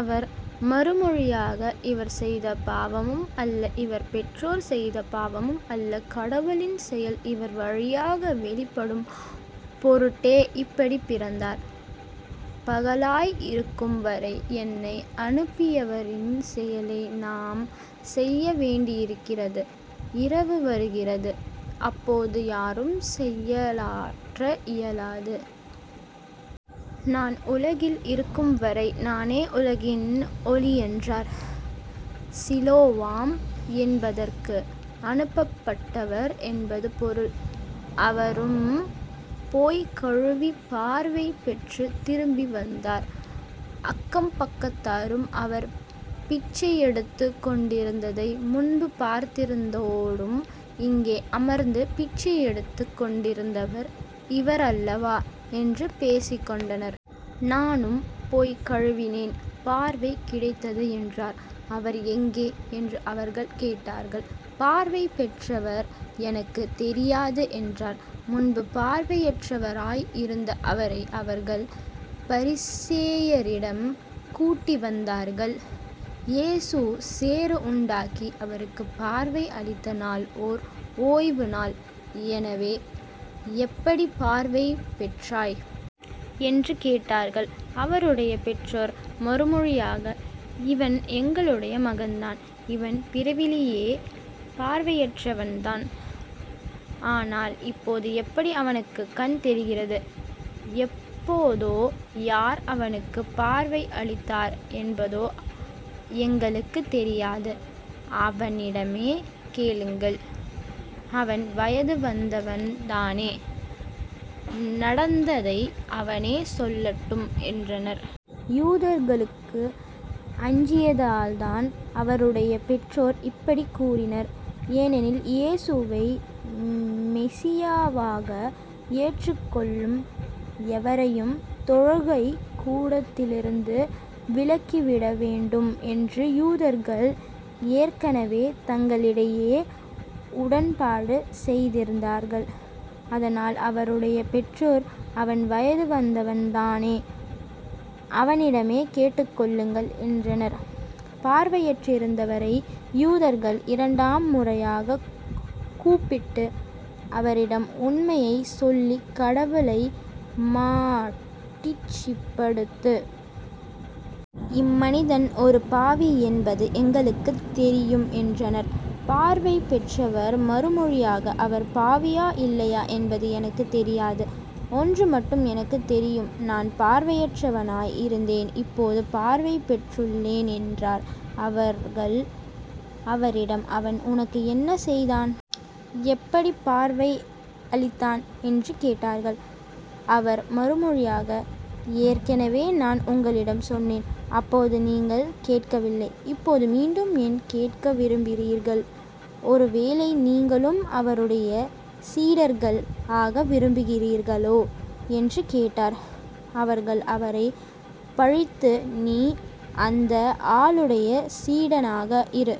அவர் மறுமொழியாக இவர் செய்த பாவமும் அல்ல இவர் பெற்றோர் செய்த பாவமும் அல்ல கடவுளின் செயல் இவர் வழியாக வெளிப்படும் பொருட்டே இப்படிப் பிறந்தார். பகலாய் இருக்கும் வரை என்னை அனுப்பியவரின் செயலை நாம் செய்ய வேண்டியிருக்கிறது. இரவு வருகிறது. அப்போது யாரும் செயலாற்ற இயலாது. நான் உலகில் இருக்கும்வரை நானே உலகின் ஒளி என்றார். சிலோவாம் என்பதற்கு அனுப்பப்பட்டவர் என்பது பொருள். அவரும் போய்க் கழுவிப் பார்வை பெற்றுத் திரும்பி வந்தார். அக்கம் பக்கத்தாரும் அவர் பிச்சையெடுத்துக் கொண்டிருந்ததை முன்பு பார்த்திருந்தோரும் இங்கே அமர்ந்து பிச்சையெடுத்துக் கொண்டிருந்தவர் இவர் அல்லவா? என்று பேசிக்கொண்டனர். நானும் போய்க் கழுவினேன் பார்வை கிடைத்தது என்றார். அவர் எங்கே? என்று அவர்கள் கேட்டார்கள். பார்வை பெற்றவர் எனக்குத் தெரியாது என்றார். முன்பு பார்வையற்றவராய் இருந்த அவரை அவர்கள் பரிசேயரிடம் கூட்டிவந்தார்கள். இயேசு சேறு உண்டாக்கி அவருக்குப் பார்வை அளித்த நாள் ஓர் ஓய்வுநாள். எனவே எப்படிப் பார்வை பெற்றாய்? என்று கேட்டார்கள். அவருடைய பெற்றோர் மறுமொழியாக இவன் எங்களுடைய மகன்தான். இவன் பிறவியிலேயே பார்வையற்றவன்தான். ஆனால் இப்போது எப்படி அவனுக்குக் கண் தெரிகிறது என்பதோ யார் அவனுக்குப் பார்வை அளித்தார் என்பதோ எங்களுக்குத் தெரியாது. அவனிடமே கேளுங்கள். அவன் வயது வந்தவன் தானே. நடந்ததை அவனே சொல்லட்டும் என்றனர். யூதர்களுக்கு அஞ்சியதால்தான் அவருடைய பெற்றோர் இப்படிக் கூறினர். ஏனெனில் இயேசுவை மெசியாவாக ஏற்றுக் கொள்ளும் எவரையும் தொழுகைக்கூடத்திலிருந்து விலக்கிவிடவேண்டும் என்று யூதர்கள் ஏற்கெனவே தங்களிடையே உடன்பாடு செய்திருந்தார்கள். அதனால் அவருடைய பெற்றோர் அவன் வயதுவந்தவன் தானே. அவனிடமே கேட்டுக்கொள்ளுங்கள் என்றனர். பார்வையற்றிருந்தவரை யூதர்கள் இரண்டாம் முறையாகக் கூப்பிட்டு அவரிடம் உண்மையைச் சொல்லிக் கடவுளை மாட்சிப்படுத்து. இம்மனிதன் ஒரு பாவி என்பது எங்களுக்குத் தெரியும் என்றனர். பார்வை பெற்றவர் மறுமொழியாக அவர் பாவியா இல்லையா என்பது எனக்குத் தெரியாது. ஒன்று மட்டும் எனக்குத் தெரியும் நான் பார்வையற்றவனாய் இருந்தேன் இப்போது பார்வை பெற்றுள்ளேன் என்றார். அவர்கள் அவரிடம் அவன் உனக்கு என்ன செய்தான்? எப்படிப் பார்வை அளித்தான்? என்று கேட்டார்கள். அவர் மறுமொழியாக ஏற்கெனவே நான் உங்களிடம் சொன்னேன். அப்போது நீங்கள் கேட்கவில்லை. இப்போது மீண்டும் ஏன் கேட்க விரும்புகிறீர்கள்? ஒரு வேளை நீங்களும் அவருடைய சீடர்கள் ஆக விரும்புகிறீர்களோ? என்று கேட்டார். அவர்கள் அவரைப் பழித்து நீ அந்த ஆளுடைய சீடனாக இரு.